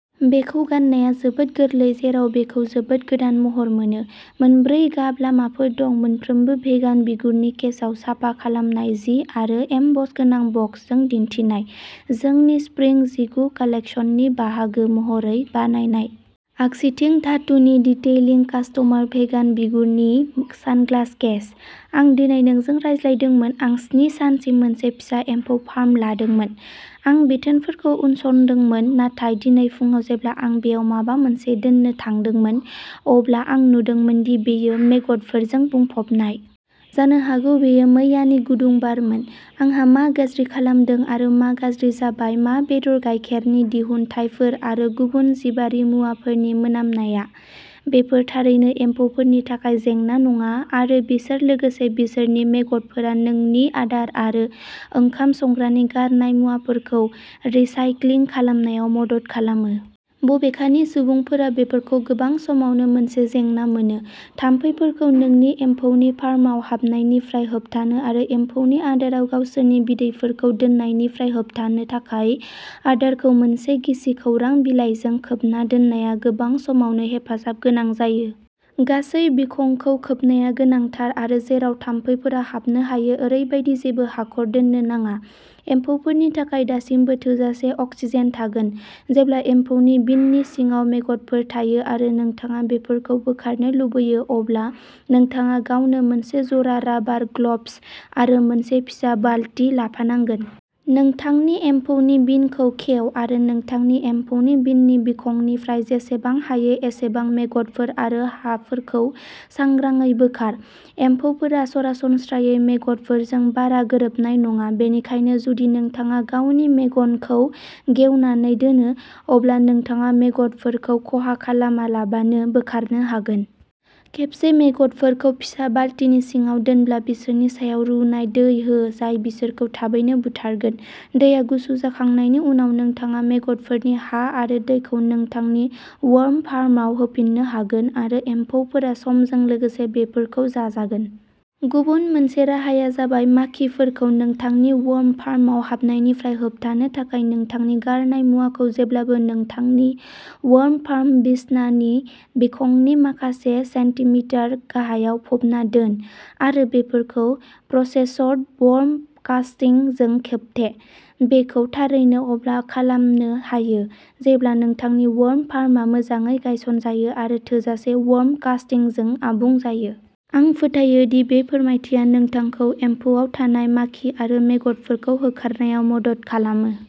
बेखौ गाननाया जोबोद गोरलै जेराव बेखौ जोबोद गोदान महर मोनो। मोनब्रै गाब लामाफोर दं मोनफ्रोमबो भेगान बिगुरनि केसआव साफा खालामनाय जि आरो एमबस गोनां बक्सजों दिन्थिनाय। जोंनि स्प्रिं जिगु कालेक्सननि बाहागो महरै बानायनाय। आगसिथिं धातुनि डिटेइलिं कास्टमार भेगान बिगुरनि सानग्लास केस। आं दिनै नोंजों रायज्लायदोंमोन आं स्नि सानसिम मोनसे फिसा एम्फौ फार्म लादोंमोन। आं बिथोनफोरखौ उनसंदोंमोन नाथाय दिनै फुंआव जेब्ला आं बेयाव माबा मोनसे दोन्नो थांदोंमोन अब्ला आं नुदोंमोन दि बेयो मेगटफोरजों बुंफबनाय। जानो हागौ बेयो मैयानि गुदुं बारमोन। आंहा मा गाज्रि खालामदों आरो मा गाज्रि जाबाय मा बेदर गायखेरनि दिहुनथायफोर आरो गुबुन जिबारि मुवाफोरनि मोनामनाया। बेफोर थारैनो एम्फौफोरनि थाखाय जेंना नङा आरो बिसोर लोगोसे बिसोरनि मेगटफोरा नोंनि आदार आरो ओंखाम संग्रानि गारनाय मुवाफोरखौ रिसाइक्लिं खालामनायाव मदद खालामो। बबेखानि सुबुंफोरा बेफोरखौ गोबां समावनो मोनसे जेंना मोनो। थाम्फैफोरखौ नोंनि एम्फौनि फार्मआव हाबनायनिफ्राय होबथानो आरो एम्फौनि आदाराव गावसोरनि बिदैफोरखौ दोननायनिफ्राय होबथानो थाखाय आदारखौ मोनसे गिसि खौरां बिलाइजों खोबना दोननाया गोबां समावनो हेफाजाब गोनां जायो। गासै बिखंखौ खोबनाया गोनांथार आरो जेराव थाम्फैफोरा हाबनो हायो ओरैबायदि जेबो हाखर दोननो नाङा। एम्फौफोरनि थाखाय दासिमबो थोजासे अक्सिजेन थागोन। जेब्ला एम्फौनि बिननि सिङाव मेगटफोर थायो आरो नोंथाङा बेफोरखौ बोखारनो लुबैयो अब्ला नोंथाङा गावनो मोनसे जरा राबार ग्लब्स आरो मोनसे फिसा बालति लाफानांगोन। नोंथांनि एम्फौनि बिनखौ खेव आरो नोंथांनि एम्फौनि बिननि बिखंनिफ्राय जेसेबां हायो एसेबां मेगटफोर आरो हाफोरखौ सांग्राङै बोखार। एम्फौफोरा सरासनस्रायै मेग'टफोरजों बारा गोरोबनाय नङा बेनिखायनो जुदि नोंथाङा गावनि मेगनखौ गेवनानै दोनो अब्ला नोंथाङा मेग'टफोरखौ खहा खालामालाबानो बोखारनो हागोन। खेबसे मेग'टफोरखौ फिसा बालतिनि सिङाव दोनब्ला बिसोरनि सायाव रुनाय दै हो जाय बिसोरखौ थाबैनो बुथारगोन। दैया गुसु जाखांनायनि उनाव नोंथाङा मेग'टफोरनि हा आरो दैखौ नोंथांनि वर्म फार्माव होफिननो हागोन आरो एम्फौफोरा समजों लोगोसे बेफोरखौ जाजागोन। गुबुन मोनसे राहाया जाबाय माखिफोरखौ नोंथांनि वर्म फार्मआव हाबनायनिफ्राय होबथानो थाखाय नोंथांनि गारनाय मुवाखौ जेब्लाबो नोंथांनि वर्म फार्म बिसनानि बिखंनि माखासे सेन्टिमिटार गाहायाव फबना दोन आरो बेफोरखौ प्रसेसड वर्म कास्टिं जों खोबथे। बेखौ थारैनो अब्ला खालामनो हायो जेब्ला नोंथांनि वर्म फार्मआ मोजाङै गायसनजायो आरो थोजासे वर्म कास्टिंजों आबुं जायो। आं फोथायो दि बे फोरमायथिया नोंथांखौ एम्फौआव थानाय माखि आरो मेग'टफोरखौ होखारनायाव मदद खालामो।